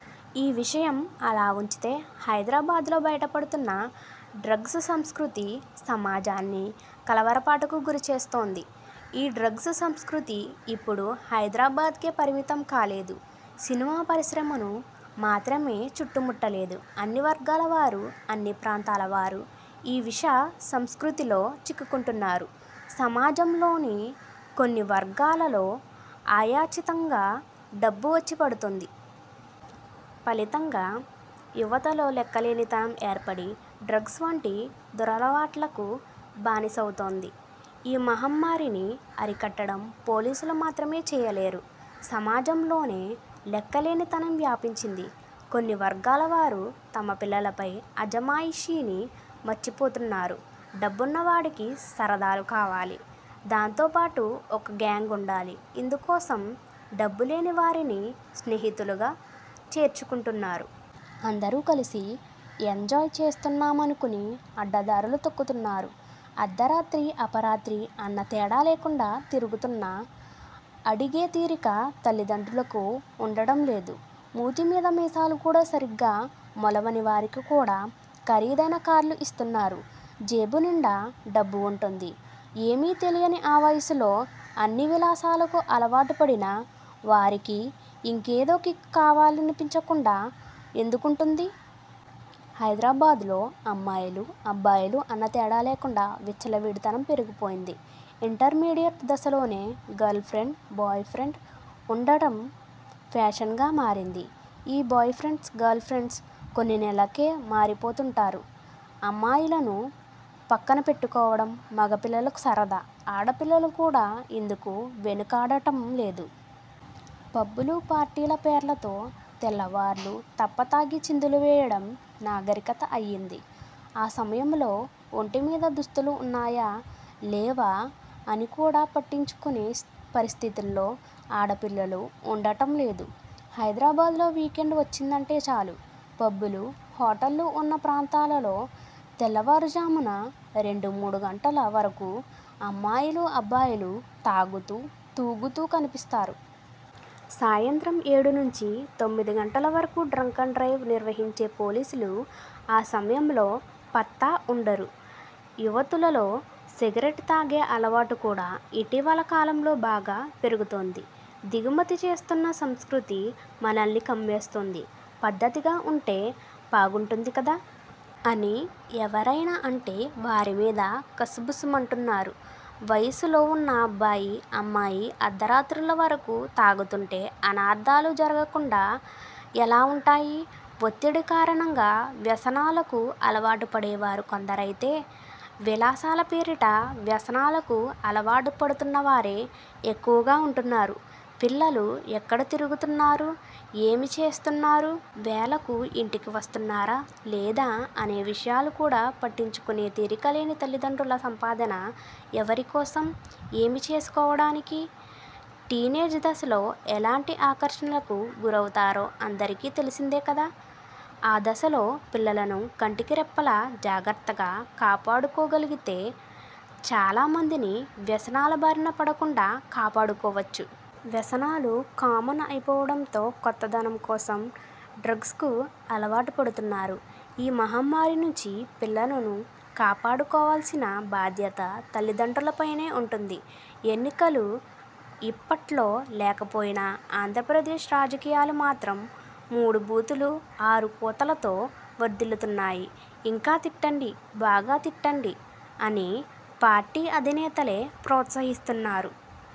ఈ విషయం అలా ఉంచితే హైదరాబాద్లో బయటపడుతున్న డ్రగ్స్ సంస్కృతి సమాజాన్ని కలవరపాటుకు గురిచేస్తోంది. ఈ డ్రగ్స్ సంస్కృతి ఇప్పుడు హైదరాబాద్కే పరిమితం కాలేదు. సినిమా పరిశ్రమను మాత్రమే చుట్టుముట్టలేదు. అన్ని వర్గాలవారు, అన్ని ప్రాంతాలవారు ఈ విష సంస్కృతిలో చిక్కుకుంటున్నారు. సమాజంలోని కొన్ని వర్గాలలో అయాచితంగా డబ్బు వచ్చిపడుతోంది. ఫలితంగా యువతలో లెక్కలేనితనం ఏర్పడి డ్రగ్స్ వంటి దురలవాట్లకు బానిసవుతోంది. ఈ మహమ్మారిని అరికట్టడం పోలీసులు మాత్రమే చేయలేరు. సమాజంలోనే లెక్కలేనితనం వ్యాపించింది. కొన్ని వర్గాలవారు తమ పిల్లలపై అజమాయిషీని మర్చిపోతున్నారు. డబ్బున్నవాడికి సరదాలు కావాలి. దాంతోపాటు ఒక గ్యాంగ్ ఉండాలి. ఇందుకోసం డబ్బులేని వారిని స్నేహితులుగా చేర్చుకుంటున్నారు. అందరూ కలిసి ఎంజాయ్ చేస్తున్నామనుకుని అడ్డదారులు తొక్కుతున్నారు. అర్ధరాత్రి– అపరాత్రి అన్న తేడా లేకుండా తిరుగుతున్నా అడిగే తీరిక తల్లిదండ్రులకు ఉండటం లేదు. మూతి మీద మీసాలు కూడా సరిగ్గా మొలవనివారికి కూడా ఖరీదైన కార్లు ఇస్తున్నారు. జేబు నిండా డబ్బు ఉంటోంది. ఏమీ తెలియని ఆ వయసులో అన్ని విలాసాలకూ అలవాటుపడిన వారికి ఇంకేదో కిక్ కావాలనిపించకుండా ఎందుకుంటుంది? హైదరాబాద్లో అమ్మాయిలు– అబ్బాయిలు అన్న తేడా లేకుండా విచ్చలవిడితనం పెరిగిపోయింది. ఇంటర్మీడియట్ దశలోనే గర్ల్ ఫ్రెండ్, బాయ్ ఫ్రెండ్ ఉండటం ఫ్యాషన్గా మారింది. ఈ బాయ్ ఫ్రెండ్స్, గర్ల్ ఫ్రెండ్స్ కొన్ని నెలలకే మారిపోతుంటారు. అమ్మాయిలను పక్కన పెట్టుకోవడం మగపిల్లలకు సరదా. ఆడపిల్లలు కూడా ఇందుకు వెనుకాడటం లేదు. పబ్బులు, పార్టీల పేర్లతో తెల్లవార్లూ తప్పతాగి చిందులు వేయడం నాగరికత అయ్యింది. ఆ సమయంలో ఒంటి మీద దుస్తులు ఉన్నాయా? లేవా? అని కూడా పట్టించుకునే పరిస్థితులలో ఆడపిల్లలు ఉండటం లేదు. హైదరాబాద్లో వీకెండ్ వచ్చిందంటే చాలు పబ్బులు, హోటళ్లు ఉన్న ప్రాంతాలలో తెల్లవారుజామున రెండు మూడు గంటల వరకు అమ్మాయిలు– అబ్బాయిలు తాగుతూ– తూగుతూ కనిపిస్తారు. సాయంత్రం ఏడు నుంచి తొమ్మిది గంటల వరకు డ్రంక్ అండ్ డ్రైవ్ నిర్వహించే పోలీసులు ఆ సమయంలో పత్తా ఉండరు. యువతులలో సిగరెట్ తాగే అలవాటు కూడా ఇటీవలి కాలంలో బాగా పెరుగుతోంది. దిగుమతి చేసుకున్న సంస్కృతి మనల్ని కమ్మేస్తోంది. పద్ధతిగా ఉంటే బాగుంటుంది కదా? అని ఎవరైనా అంటే వారి మీద కస్సుబుస్సు మంటున్నారు. వయసులో ఉన్న అబ్బాయి, అమ్మాయి అర్ధరాత్రుళ్ల వరకు తాగుతుంటే అనర్థాలు జరగకుండా ఎలా ఉంటాయి? ఒత్తిడి కారణంగా వ్యసనాలకు అలవాటుపడేవారు కొందరైతే విలాసాల పేరిట వ్యసనాలకు అలవాటుపడుతున్నవారే ఎక్కువగా ఉంటున్నారు. పిల్లలు ఎక్కడ తిరుగుతున్నారు? ఏమి చేస్తున్నారు? వేళకు ఇంటికి వస్తున్నారా? లేదా? అనే విషయాలు కూడా పట్టించుకునే తీరిక లేని తల్లిదండ్రుల సంపాదన ఎవరి కోసం? ఏమి చేసుకోవడానికి? టీనేజీ దశలో ఎలాంటి ఆకర్షణలకు గురవుతారో అందరికీ తెలిసిందే కదా! ఆ దశలో పిల్లలను కంటికి రెప్పలా జాగ్రత్తగా కాపాడుకోగలిగితే చాలా మందిని వ్యసనాల బారిన పడకుండా కాపాడుకోవచ్చు. వ్యసనాలు కామన్ అయిపోవడంతో కొత్తదనం కోసం డ్రగ్స్కు అలవాటుపడుతున్నారు. ఈ మహమ్మారి నుంచి పిల్లలను కాపాడుకోవలసిన బాధ్యత తల్లిదండ్రులపైనే ఉంటుంది! ఎన్నికలు ఇప్పట్లో లేకపోయినా ఆంధ్రప్రదేశ్ రాజకీయాలు మాత్రం 'మూడు బూతులు– ఆరు కూతలతో' వర్ధిల్లుతున్నాయి. 'ఇంకా తిట్టండి– బాగా తిట్టండి' అని పార్టీ అధినేతలే ప్రోత్సహిస్తున్నారు.